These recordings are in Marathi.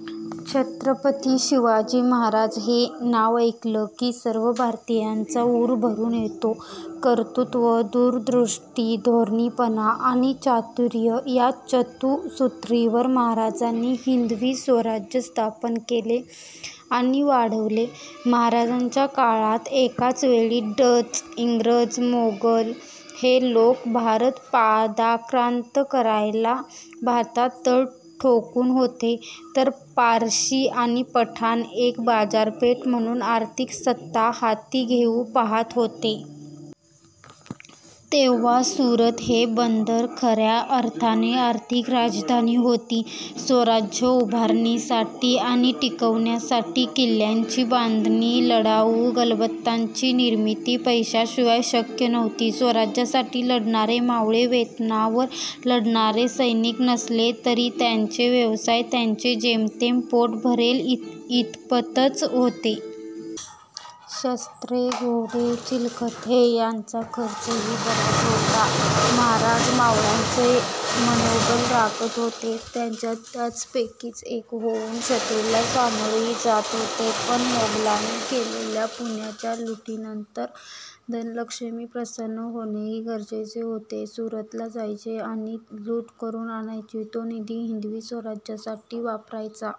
छत्रपती शिवाजी महाराज हे नाव ऐकलं की सर्व भारतीयांचा ऊर भरून येतो. कर्तृत्व, दूरदृष्टी, धोरणीपणा आणि चातुर्य या चतुःसूत्रीवर महाराजांनी हिंदवी स्वराज्य स्थापन केले आणि वाढवले. महाराजांच्या काळात एकाच वेळी डच, इंग्रज, मोगल हे लोक भारत पादाक्रांत करायला भारतात तळ ठोकून होते; तर पारशी आणि पठाण एक बाजारपेठ म्हणून आर्थिक सत्ता हाती घेऊ पाहत होते. तेव्हा सुरत हे बंदर खऱ्या अर्थाने आर्थिक राजधानी होती. स्वराज्य उभारणीसाठी आणि टिकवण्यासाठी किल्ल्यांची बांधणी, लढाऊ गलबतांची निर्मिती पैशांशिवाय शक्य नव्हती. स्वराज्यासाठी लढणारे मावळे वेतनावर लढणारे सैनिक नसले तरी त्यांचे व्यवसाय त्यांचे जेमतेम पोट भरेल इतपतच होते. शस्त्रे, घोडे, चिलखते याचा खर्चही बराच होता. महाराज मावळ्यांचे मनोबल राखत होते. त्यांच्यात त्यांच्यापैकीच एक होऊन शत्रूला सामोरेही जात होते. पण मोगलांनी केलेल्या पुण्याच्या लुटीनंतर धनलक्ष्मी प्रसन्न होणेही गरजेचे होते. 'सुरतला जायचे आणि लूट करून आणायची; तो निधी हिंदवी स्वराज्यासाठी वापरायचा.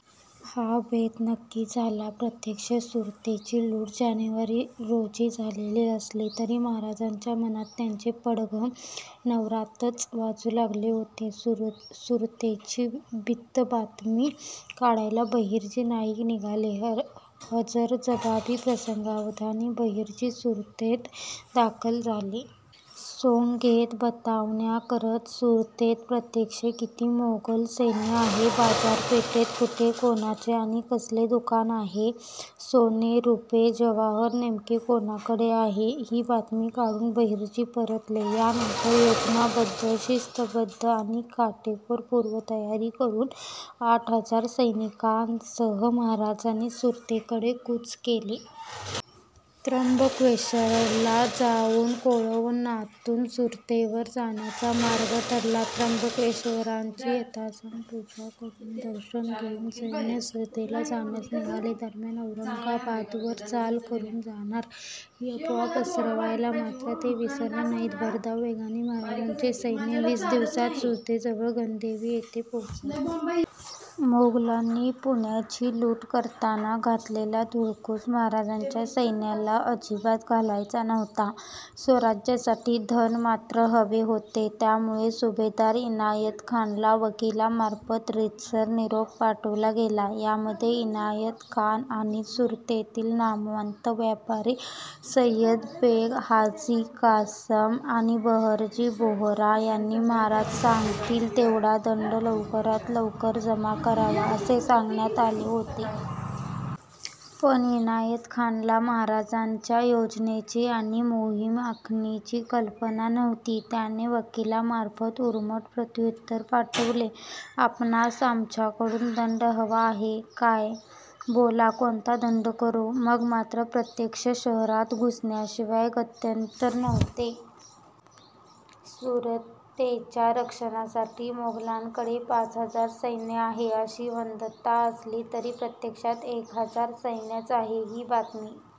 ' हा बेत नक्की झाला. प्रत्यक्ष सुरतेची लूट जानेवारी रोजी झालेली असली तरी महाराजांच्या मनात त्याचे पडघम नवरात्रातच वाजू लागले होते. सुरतेची बित्तंबातमी काढायला बहिर्जी नाईक निघाले. हजरजबाबी, प्रसंगावधानी बहिर्जी सुरतेत दाखल झाले. सोंग घेत, बतावण्या करत सुरतेत प्रत्यक्ष किती मोगल सैन्य आहे? बाजारपेठेत कुठे कोणाचे आणि कसले दुकान आहे? सोने, रूपे, जवाहर नेमके कोणाकडे आहे? ही बातमी काढून बहिर्जी परतले. यानंतर योजनाबद्ध, शिस्तबद्ध आणि काटेकोर पूर्वतयारी करून आठ हजार सैनिकांसह महाराजांनी सुरतेकडे कूच केले. त्र्यंबकेश्वराला जाऊन कोळवणातून सुरतेवर जाण्याचा मार्ग ठरला. त्र्यंबकेश्वराची यथासांग पूजा करून, दर्शन घेऊन सैन्य सुरतेला जाण्यास निघाले. दरम्यान 'औरंगाबादवर चाल करून जाणार', ही अफवा पसरवायला मात्र ते विसरले नाहीत. भरधाव वेगाने महाराजांचे सैन्य वीस दिवसांत सुरतेजवळ गणदेवी येथे पोहोचले. मोगलांनी पुण्याची लूट करताना घातलेला धुडगूस महाराजांच्या सैन्याला अजिबात घालायचा नव्हता; स्वराज्यासाठी धन मात्र हवे होते. त्यामुळे सुभेदार इनायत खानला वकीलामार्फत रीतसर निरोप पाठवला गेला. यामध्ये इनायत खान आणि सुरतेतील नामवंत व्यापारी सय्यद बेग, हाजी कासम आणि बहरजी बोहरा यांनी महाराज सांगतील तेवढा दंड लवकरात लवकर जमा करावा असे सांगण्यात आले होते. पण इनायत खानला महाराजांच्या योजनेची आणि मोहीम आखणीची कल्पना नव्हती. त्याने वकिलामार्फत उर्मट प्रत्युत्तर पाठवले, "आपणास आमच्याकडून दंड हवा आहे काय? बोला, कोणता दंड करू? " मग मात्र प्रत्यक्ष शहरात घुसण्याशिवाय गत्यंतर नव्हते. सुरतेच्या रक्षणासाठी मोगलांकडे पाच हजार सैन्य आहे अशी वदंता असली तरी प्रत्यक्षात एक हजार सैन्यच आहे ही बातमी